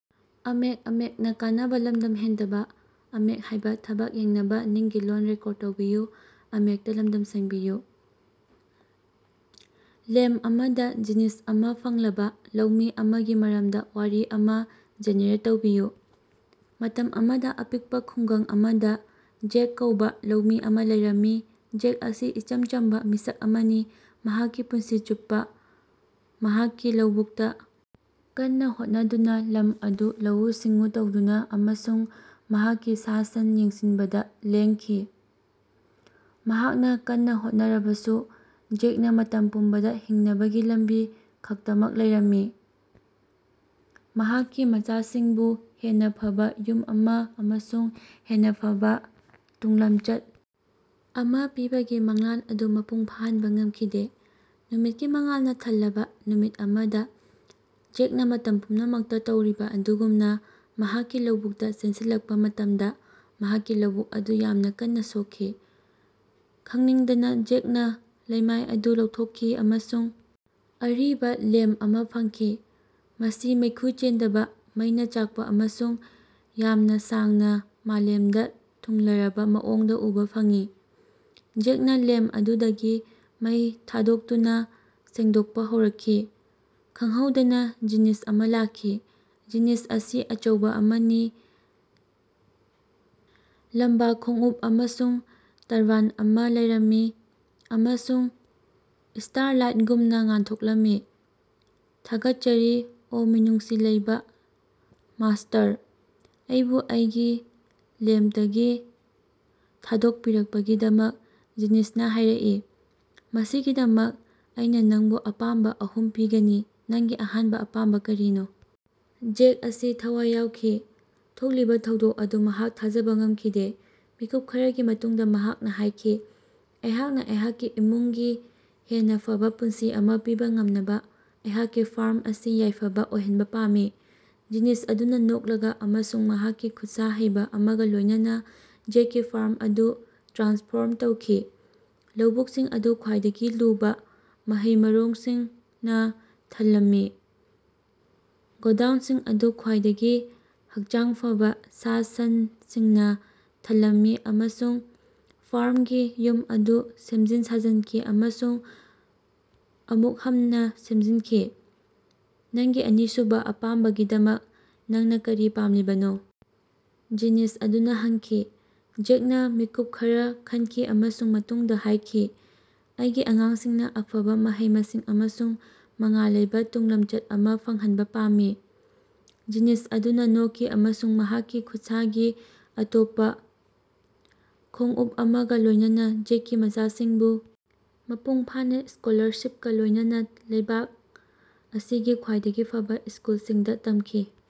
ꯂꯦꯝ ꯑꯃꯥꯗ ꯖꯤꯅꯤꯁ ꯑꯃꯥ ꯐꯪꯂꯕꯥ ꯂꯧꯃꯤ ꯑꯃꯒꯤ ꯃꯔꯝꯗꯥ ꯋꯥꯔꯤ ꯑꯃꯥ ꯖꯦꯅꯦꯔꯦꯠ ꯇꯧꯕꯤꯌꯨ꯫ ꯃꯇꯝ ꯑꯃꯗꯥ ꯑꯄꯤꯛꯄꯥ ꯈꯨꯡꯒꯪ ꯑꯃꯗꯥ ꯖꯦꯛ ꯀꯧꯕ ꯂꯧꯃꯤ ꯑꯃꯥ ꯂꯩꯔꯝꯃꯤ꯫ ꯖꯦꯛ ꯑꯁꯤ ꯏꯆꯝ ꯆꯝꯕꯥ ꯃꯤꯁꯛ ꯑꯃꯅꯤ, ꯃꯍꯥꯛꯀꯤ ꯄꯨꯟꯁꯤ ꯆꯨꯞꯄꯥ ꯃꯍꯥꯛꯀꯤ ꯂꯧꯕꯨꯛꯇꯥ ꯀꯟꯅꯥ ꯍꯣꯠꯅꯗꯨꯅꯥ, ꯂꯝ ꯑꯗꯨ ꯂꯧꯎ ꯁꯤꯡꯎ ꯇꯧꯗꯨꯅꯥ ꯑꯃꯁꯨꯡ ꯃꯍꯥꯛꯀꯤ ꯁꯥ ꯁꯟ ꯌꯦꯡꯁꯤꯟꯕꯗꯥ ꯂꯦꯡꯈꯤ꯫ ꯃꯍꯥꯛꯅꯥ ꯀꯟꯅꯥ ꯍꯣꯠꯅꯔꯕꯁꯨ ꯖꯦꯛꯅꯥ ꯃꯇꯝ ꯄꯨꯝꯕꯗꯥ ꯍꯤꯡꯅꯕꯒꯤ ꯂꯝꯕꯤ ꯈꯛꯇꯃꯛ ꯂꯩꯔꯝꯃꯤ꯫ ꯃꯍꯥꯛꯀꯤ ꯃꯆꯥꯁꯤꯡꯕꯨ ꯍꯦꯟꯅꯥ ꯐꯕꯥ ꯌꯨꯝ ꯑꯃꯥ ꯑꯃꯁꯨꯡ ꯍꯦꯟꯅꯥ ꯐꯕꯥ ꯇꯨꯡꯂꯝꯆꯠ ꯑꯃꯥ ꯄꯤꯕꯒꯤ ꯃꯪꯂꯥꯟ ꯑꯗꯨ ꯃꯄꯨꯡ ꯐꯥꯍꯟꯕꯥ ꯉꯝꯈꯤꯗꯦ꯫ ꯅꯨꯃꯤꯠꯀꯤ ꯃꯉꯥꯜꯅꯥ ꯊꯜꯂꯕꯥ ꯅꯨꯃꯤꯠ ꯑꯃꯗꯥ ꯖꯦꯛꯅꯥ ꯃꯇꯝ ꯄꯨꯝꯅꯃꯛꯇꯥ ꯇꯧꯔꯤꯕꯥ ꯑꯗꯨꯒꯨꯝꯅꯥ ꯃꯍꯥꯛꯀꯤ ꯂꯧꯕꯨꯛꯇꯥ ꯆꯦꯟꯁꯤꯜꯂꯛꯄꯥ ꯃꯇꯝꯗꯥ ꯃꯍꯥꯛꯀꯤ ꯂꯧꯕꯨꯛ ꯑꯗꯨ ꯌꯥꯝꯅꯥ ꯀꯟꯅꯥ ꯁꯣꯛꯈꯤ꯫ ꯈꯪꯅꯤꯡꯗꯅꯥ ꯖꯦꯛꯅꯥ ꯂꯩꯃꯥꯏ ꯑꯗꯨ ꯂꯧꯊꯣꯛꯈꯤ ꯑꯃꯁꯨꯡ ꯑꯔꯤꯕꯥ ꯂꯦꯝ ꯑꯃꯥ ꯐꯪꯈꯤ꯫ ꯃꯁꯤ ꯃꯩꯈꯨ ꯆꯦꯟꯗꯕꯥ ꯃꯩꯅꯥ ꯆꯥꯛꯄꯥ ꯑꯃꯁꯨꯡ ꯌꯥꯝꯅꯥ ꯁꯥꯡꯅꯥ ꯃꯥꯂꯦꯝꯗꯥ ꯊꯨꯡꯂꯔꯕꯥ ꯃꯑꯣꯡꯗꯥ ꯎꯕꯥ ꯐꯪꯏ꯫ ꯖꯦꯛꯅꯥ ꯂꯦꯝ ꯑꯗꯨꯗꯒꯤ ꯃꯩ ꯊꯥꯗꯣꯛꯇꯨꯅꯥ ꯁꯦꯡꯗꯣꯛꯄꯥ ꯍꯧꯔꯛꯈꯤ, ꯈꯪꯍꯧꯗꯅꯥ ꯖꯤꯅꯤꯁ ꯑꯃꯥ ꯂꯥꯛꯈꯤ꯫ꯖꯤꯅꯤꯁ ꯑꯁꯤ ꯑꯆꯧꯕꯥ ꯑꯃꯅꯤ ꯂꯝꯕꯥ ꯈꯣꯡꯎꯞ ꯑꯃꯁꯨꯡ ꯇꯔꯕꯥꯟ ꯑꯃꯥ ꯂꯩꯔꯝꯃꯤ, ꯑꯃꯁꯨꯡ ꯁ꯭ꯇꯥꯔꯂꯥꯏꯠꯒꯨꯝꯅꯥ ꯉꯥꯟꯊꯣꯛꯂꯝꯃꯤ꯫ ꯊꯥꯒꯠꯆꯔꯤ ꯑꯣ ꯃꯤꯅꯨꯡꯁꯤ ꯂꯩꯕꯥ ꯃꯥꯁ꯭ꯇꯔ, ꯑꯩꯕꯨ ꯑꯩꯒꯤ ꯂꯦꯝꯄꯇꯒꯤ ꯊꯥꯗꯣꯛꯄꯤꯔꯛꯄꯒꯤꯗꯃꯛ ꯖꯤꯅꯤꯁꯅꯥ ꯍꯥꯏꯔꯛꯏ ꯃꯁꯤꯒꯤꯗꯃꯛ ꯑꯩꯅꯥ ꯅꯪꯕꯨ ꯑꯄꯥꯝꯕꯥ ꯑꯍꯨꯝ ꯄꯤꯒꯅꯤ꯫ ꯅꯪꯒꯤ ꯑꯍꯥꯟꯕꯥ ꯑꯄꯥꯝꯕꯥ ꯀꯔꯤꯅꯣ? ꯖꯦꯛ ꯑꯁꯤ ꯊꯋꯥꯏ ꯌꯥꯎꯈꯤ꯫ ꯊꯣꯛꯂꯤꯕꯥ ꯊꯧꯗꯣꯛ ꯑꯗꯨ ꯃꯍꯥꯛ ꯊꯥꯖꯕꯥ ꯉꯝꯈꯤꯗꯦ꯫ ꯃꯤꯀꯨꯞ ꯈꯔꯒꯤ ꯃꯇꯨꯡꯗꯥ ꯃꯍꯥꯛꯅꯥ ꯍꯥꯏꯈꯤ, ꯑꯩꯍꯥꯛꯅꯥ ꯑꯩꯍꯥꯛꯀꯤ ꯏꯃꯨꯡꯒꯤ ꯍꯦꯟꯅꯥ ꯐꯕꯥ ꯄꯨꯟꯁꯤ ꯑꯃꯥ ꯄꯤꯕꯥ ꯉꯝꯅꯕꯥ ꯑꯩꯍꯥꯛꯀꯤ ꯐꯥꯔꯝ ꯑꯁꯤ ꯌꯥꯏꯐꯕꯥ ꯑꯣꯏꯍꯟꯕꯥ ꯄꯥꯝꯃꯤ꯫ ꯖꯤꯅꯤꯁ ꯑꯗꯨꯅꯥ ꯅꯣꯛꯈꯤ ꯑꯃꯁꯨꯡ ꯃꯍꯥꯛꯀꯤ ꯈꯨꯠꯁꯥ ꯍꯩꯕꯥ ꯑꯃꯒꯥ ꯂꯣꯏꯅꯅꯥ ꯖꯦꯛꯀꯤ ꯐꯥꯔꯝ ꯑꯗꯨ ꯇ꯭ꯔꯥꯟꯁꯐꯣꯔꯝ ꯇꯧꯈꯤ꯫ ꯂꯧꯕꯨꯛꯁꯤꯡ ꯑꯗꯨ ꯈ꯭ꯋꯥꯏꯗꯒꯤ ꯂꯨꯕꯥ ꯃꯍꯩ-ꯃꯔꯣꯡꯁꯤꯡꯅꯥ ꯊꯜꯂꯝꯃꯤ, ꯒꯣꯗꯥꯎꯅꯁꯤꯡ ꯑꯗꯨ ꯈ꯭ꯋꯥꯏꯗꯒꯤ ꯍꯛꯆꯥꯡ ꯐꯕꯥ ꯁꯥ-ꯁꯟꯁꯤꯡꯅꯥ ꯊꯜꯂꯝꯃꯤ ꯑꯃꯁꯨꯡ ꯐꯥꯔꯝꯒꯤ ꯌꯨꯝ ꯑꯗꯨ ꯁꯦꯝꯖꯤꯟ-ꯁꯥꯖꯤꯟꯈꯤ ꯑꯃꯁꯨꯡ ꯑꯃꯨꯛ ꯍꯟꯅꯥ ꯁꯦꯝꯖꯤꯟꯈꯤ꯫ ꯅꯪꯒꯤ ꯑꯅꯤꯁꯨꯕꯥ ꯑꯄꯥꯝꯕꯒꯤꯗꯃꯛ ꯅꯪꯅꯥ ꯀꯔꯤ ꯄꯥꯝꯂꯤꯕꯅꯣ? ꯖꯤꯅꯤꯁ ꯑꯗꯨꯅꯥ ꯍꯪꯈꯤ꯫ ꯖꯦꯛꯅꯥ ꯃꯤꯀꯨꯞ ꯈꯔꯥ ꯈꯟꯈꯤ ꯑꯃꯁꯨꯡ ꯃꯇꯨꯡꯗꯥ ꯍꯥꯏꯈꯤ ꯑꯩꯒꯤ ꯑꯉꯥꯡꯁꯤꯡꯅꯥ ꯑꯐꯕꯥ ꯃꯍꯩ-ꯃꯁꯤꯡ ꯑꯃꯁꯨꯡ ꯃꯉꯥꯜ ꯂꯩꯕꯥ ꯇꯨꯡꯂꯝꯆꯠ ꯑꯃꯥ ꯐꯪꯍꯟꯕꯥ ꯄꯥꯝꯃꯤ꯫ ꯖꯤꯅꯤꯁ ꯑꯗꯨꯅꯥ ꯅꯣꯛꯈꯤ ꯑꯃꯁꯨꯡ ꯃꯍꯥꯛꯀꯤ ꯈꯨꯠꯁꯥꯒꯤ ꯑꯇꯣꯞꯄꯥ ꯈꯣꯡꯎꯞ ꯑꯃꯒꯥ ꯂꯣꯏꯅꯅꯥ ꯖꯦꯛꯀꯤ ꯃꯆꯥꯁꯤꯡꯕꯨ ꯃꯄꯨꯡ ꯐꯥꯅꯥ ꯁ꯭ꯀꯣꯂꯥꯔꯁꯤꯞꯀꯥ ꯂꯣꯏꯅꯅꯥ ꯂꯩꯕꯥꯛ ꯑꯁꯤꯒꯤ ꯈ꯭ꯋꯥꯏꯗꯒꯤ ꯐꯕꯥ ꯁ꯭ꯀꯨꯜꯁꯤꯡꯗꯥ ꯇꯝꯈꯤ꯫